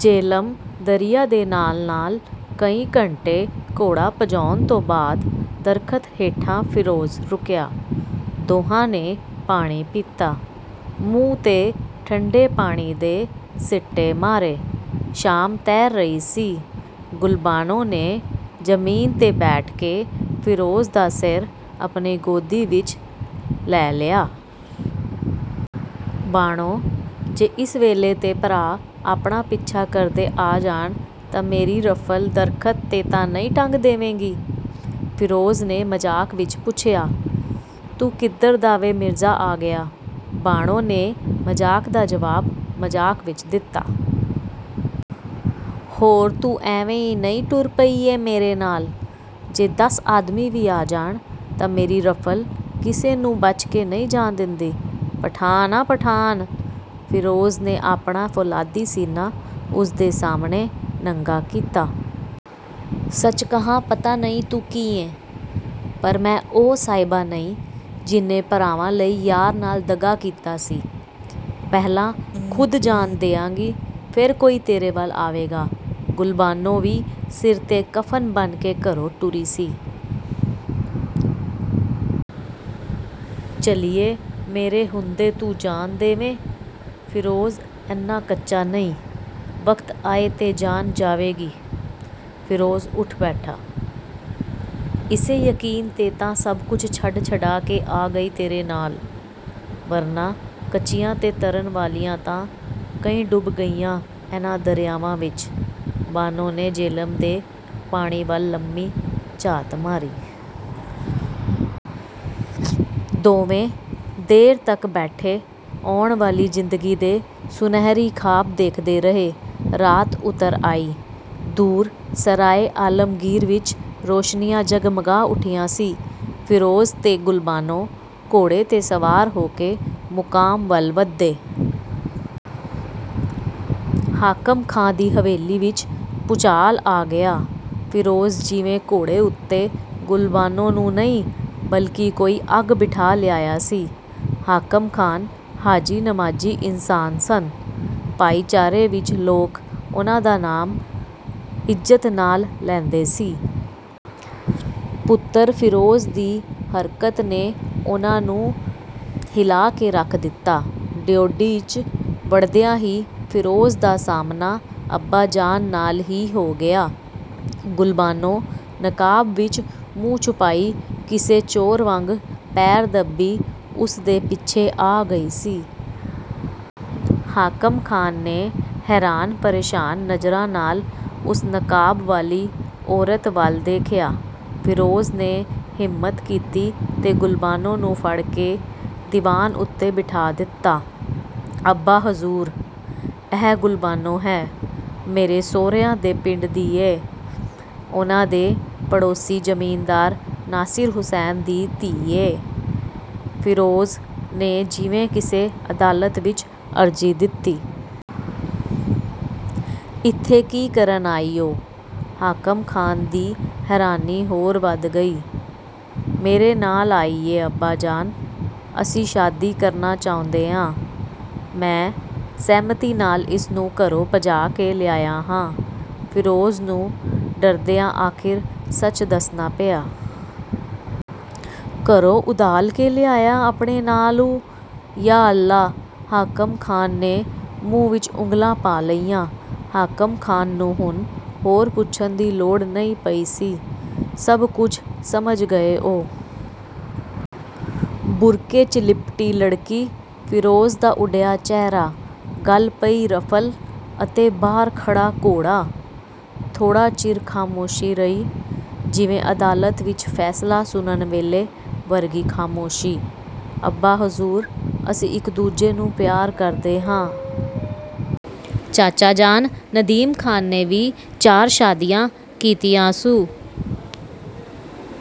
ਜੇਹਲਮ ਦਰਿਆ ਦੇ ਨਾਲ ਨਾਲ ਕਈ ਘੰਟੇ ਘੋੜਾ ਭਜਾਉਣ ਤੋਂ ਬਾਅਦ ਦਰੱਖਤ ਹੇਠਾਂ ਫਿਰੋਜ਼ ਰੁਕਿਆ। ਦੋਹਾਂ ਨੇ ਪਾਣੀ ਪੀਤਾ, ਮੂੰਹ ਤੇ ਠੰਡੇ ਪਾਣੀ ਦੇ ਸਿੱਟੇ ਮਾਰੇ। ਸ਼ਾਮ ਤੈਰ ਰਹੀ ਸੀ, ਗੁਲਬਾਨੋ ਨੇ ਜ਼ਮੀਨ ਤੇ ਬੈਠ ਕੇ ਫਿਰੋਜ਼ ਦਾ ਸਿਰ ਆਪਣੀ ਗੋਦੀ ਵਿਚ ਲੈ ਲਿਆ। ਬਾਣੋ.. ਜੇ ਇਸ ਵੇਲੇ ਤੇ ਭਰਾ ਆਪਣਾ ਪਿੱਛਾ ਕਰਦੇ ਆ ਜਾਣ ਤਾਂ ਮੇਰੀ ਰਫ਼ਲ ਦਰੱਖਤ ਤੇ ਤਾਂ ਨਹੀ ਟੰਗ ਦੇਵੇਗੀ…! ਫਿਰੋਜ਼ ਨੇ ਮਜ਼ਾਕ ਵਿੱਚ ਪੁੱਛਿਆ। "ਤੂੰ ਕਿੱਧਰ ਦਾ ਵੇ ਮਿਰਜ਼ਾ ਆ ਗਿਆ..! ਬਾਣੋ ਨੇ ਮਜ਼ਾਕ ਦਾ ਜਵਾਬ ਮਜ਼ਾਕ ਵਿੱਚ ਦਿਤਾ। ਹੋਰ ਤੂੰ ਐਵੇਂ ਨੀ ਟੁਰ ਪਈ ਏਂ ਮੇਰੇ ਨਾਲ..! ਜੇ ਦਸ ਆਦਮੀ ਵੀ ਆ ਜਾਣ, ਤਾਂ ਮੇਰੀ ਰਫ਼ਲ ਕਿਸੇ ਨੂੰ ਬੱਚ ਕੇ ਨਹੀ ਜਾਣ ਦਿੰਦੀ… ਪਠਾਣ ਹਾਂ ਪਠਾਣ… ਫਿਰੋਜ਼ ਨੇ ਆਪਣਾ ਫੌਲਾਦੀ ਸੀਨਾ ਉਸ ਦੇ ਸਾਹਮਣੇ ਨੰਗਾ ਕੀਤਾ। "ਸੱਚ ਕਹਾਂ ਪਤਾ ਨਹੀਂ ਤੂੰ ਕੀ ਏਂ! ਪਰ ਮੈਂ ਉਹ ਸਹਿਬਾਂ ਨਹੀ, ਜਿਹਨੇ ਭਰਾਵਾਂ ਲਈ ਯਾਰ ਨਾਲ ਦਗਾ ਕੀਤਾ ਸੀ। ਪਹਿਲਾ ਖੁੱਦ ਜਾਨ ਦਿਆਂਗੀ, ਫੇਰ ਕੋਈ ਤੇਰੇ ਵੱਲ ਆਵੇਗਾ…. ਗੁਲਬਾਨੋ ਵੀ ਸਿਰ ਤੇ ਕਫਨ ਬੰਨ੍ਹ ਕੇ ਘਰੋ ਟੁਰੀ ਸੀ। ਝੱਲੀਏ… ਮੇਰੇ ਹੁੰਦੇ ਤੂੰ ਜਾਨ ਦੇਵੇ…! ਫਿਰੋਜ਼ ਇੰਨ੍ਹਾਂ ਕੱਚਾ ਨਹੀ.. ਵਕਤ ਆਏ ਤੇ ਜਾਣ ਜਾਵੇਗੀ.. ਫਿਰੋਜ਼ ਉਠ ਬੈਠਾ। "ਇਸੇ ਯਕੀਨ ਤੇ ਤਾਂ ਸਭ ਕੁਛ ਛੱਡ-ਛਡਾ ਕੇ ਆ ਗਈ ਤੇਰੇ ਨਾਲ। ਵਰਨਾ ਕੱਚਿਆ ਤੇ ਤਰਨ ਵਾਲੀਆਂ ਤਾਂ ਕਈ ਡੁੱਬ ਗਈਆਂ ਇੰਨ੍ਹਾਂ ਦਰਿਆਵਾਂ ਵਿੱਚ… ਬਾਨੋ ਨੇ ਜੇਹਲਮ ਦੇ ਪਾਣੀ ਵੱਲ ਲੰਮੀ ਝਾਤ ਮਾਰੀ। ਦੋਵੇ ਦੇਰ ਤੱਕ ਬੈਠੇ ਆਉਣ ਵਾਲੀ ਜ਼ਿੰਦਗੀ ਦੇ ਸੁਨਹਿਰੀ ਖ਼ਾਬ ਦੇਖਦੇ ਰਹੇ। ਰਾਤ ਉਤਰ ਆਈ, ਦੂਰ 'ਸਰਾਏ ਆਲਮਗੀਰ' ਵਿੱਚ ਰੋਸ਼ਨੀਆਂ ਜਗਮਗਾ ਉਠੀਆ ਸੀ। ਫਿਰੋਜ਼ ਤੇ ਗੁਲਬਾਨੋ ਘੋੜੇ ਤੇ ਸਵਾਰ ਹੋ ਕੇ ਮੁਕਾਮ ਵੱਲ ਵਧੇ। "ਹਾਕਮ ਖ਼ਾਨ ਦੀ ਹਵੇਲੀ ਵਿੱਚ ਭੁਚਾਲ ਆ ਗਿਆ। ਫਿਰੋਜ਼ ਜਿਵੇਂ ਘੋੜੇ ਉਤੇ ਗੁਲਬਾਨੋ ਨੂੰ ਨਹੀ ਬਲਕਿ ਕੋਈ ਅੱਗ ਬਿਠਾ ਲਿਆਇਆਂ ਸੀ। ਹਾਕਮ ਖ਼ਾਨ 'ਹਾਜੀ-ਨਮਾਜ਼ੀ' ਇਨਸਾਨ ਸਨ। ਭਾਈਚਾਰੇ ਵਿੱਚ ਲੋਕ ਉਨ੍ਹਾਂ ਦਾ ਨਾਮ ਇਜ਼ਤ ਨਾਲ ਲੈਦੇਂ ਸੀ। ਪੁੱਤਰ ਫਿਰੋਜ਼ ਦੀ ਹਰਕਤ ਨੇ ਉਨ੍ਹਾਂ ਨੂੰ ਹਿਲਾ ਕੇ ਰੱਖ ਦਿਤਾ। ਡਿਉਢੀ, ਚ' ਵੜਦਿਆਂ ਹੀ ਫਿਰੋਜ਼ ਦਾ ਸਾਹਮਣਾ ਅੱਬਾਜਾਨ ਨਾਲ ਹੀ ਹੋ ਗਿਆ। ਗੁਲਬਾਨੋ ਨਕਾਬ ਵਿੱਚ ਮੂੰਹ ਛੁਪਾਈ ਕਿਸੇ ਚੋਰ ਵਾਂਗ ਪੈਰ ਦੱਬੀ ਉਸਦੇ ਪਿੱਛੇ ਆ ਗਈ ਸੀ। ਹਾਕਮ ਖਾਨ ਨੇ ਹੈਰਾਨ ਪਰੇਸ਼ਾਨ ਨਜ਼ਰਾਂ ਨਾਲ ਉਸ ਨਕਾਬ ਵਾਲੀ ਔਰਤ ਵੱਲ ਦੇਖਿਆ। ਫਿਰੋਜ਼ ਨੇ ਹਿੰਮਤ ਕੀਤੀ ਤੇ ਗੁਲਬਾਨੋ ਨੂੰ ਫੜਕੇ ਦੀਵਾਨ ਉਤੇ ਬਿਠਾ ਦਿਤਾ। "ਅੱਬਾ ਹਜ਼ੂਰ… ਇਹ ਗੁਲਬਾਨੋ ਹੈ, ਮੇਰੇ ਸਹੁਰਿਆਂ ਦੇ ਪਿੰਡ ਦੀ ਏਂ, ਉਨ੍ਹਾਂ ਦੇ ਪੜੋਸੀ ਜ਼ਮੀਨਦਾਰ ਨਾਸਿਰ ਹੁਸੈਨ ਦੀ ਧੀ ਏ".. ਫਿਰੋਜ਼ ਨੇ ਜਿਵੇਂ ਕਿਸੇ ਅਦਾਲਤ ਵਿੱਚ ਅਰਜ਼ੀ ਦਿਤੀ। "ਇਥੇ ਕੀ ਕਰਨ ਆਈ ਊ….! ਹਾਕਮ ਖਾਨ ਦੀ ਹੈਰਾਨੀ ਹੋਰ ਵੱਧ ਗਈ… "ਮੇਰੇ ਨਾਲ ਆਈ ਏ ਅੱਬਾ ਜਾਨ, ਅਸੀ ਸ਼ਾਦੀ ਕਰਨਾ ਚਹੁੰਦੇ ਹਾਂ। ਮੈਂ ਸਹਿਮਤੀ ਨਾਲ ਇਸ ਨੂੰ ਘਰੋ ਭਜਾ ਕੇ ਲਿਆਇਆ ਹਾਂ… ਫਿਰੋਜ਼ ਨੂੰ ਡਰਦਿਆ ਆਖਿਰ ਸੱਚ ਦੱਸਣਾ ਪਿਆ…. ਘਰੋ ਉਧਾਲ ਕੇ ਲਿਆਇਆ ਆਪਣੇ ਨਾਲ ਊ…! ਯਾਹ ਅੱਲਾਹ ਹਾਕਮ ਖਾਨ ਨੇ ਮੂੰਹ ਵਿੱਚ ਉਗਲਾਂ ਪਾ ਲਈਆ। ਹਾਕਮ ਖਾਨ ਨੂੰ ਹੁਣ ਹੋਰ ਪੁੱਛਣ ਦੀ ਲੋੜ ਨਹੀ ਪਈ ਸੀ। ਸਭ ਕੁਝ ਸਮਝ ਗਏ ਉਹ। ਬੁਰਕੇ, ਚ' ਲਿਪਟੀ ਲੜਕੀ, ਫਿਰੋਜ਼ ਦਾ ਉਡਿਆ ਚਿਹਰਾ, ਗਲ ਪਈ ਰਫਲ ਅਤੇ ਬਾਹਰ ਖੜ੍ਹਾ ਘੋੜਾ। ਥੋੜ੍ਹਾ ਚਿਰ ਖਾਮੋਸ਼ੀ ਰਹੀ, ਜਿਵੇਂ ਅਦਾਲਤ ਵਿੱਚ ਫੈਸਲਾ ਸੁਨਣ ਵੇਲੇ ਵਰਗੀ ਖਾਮੋਸ਼ੀ। "ਅੱਬਾ ਹਜ਼ੂਰ"ਅਸੀ ਇੱਕ ਦੂਜੇ ਨੂੰ ਪਿਆਰ ਕਰਦੇ ਹਾਂ। ਚਾਚਾ ਜਾਨ ਨਦੀਮ ਖ਼ਾਨ ਨੇ ਵੀ ਚਾਰ ਸ਼ਾਦੀਆ ਕੀਤੀਆ ਸੂ।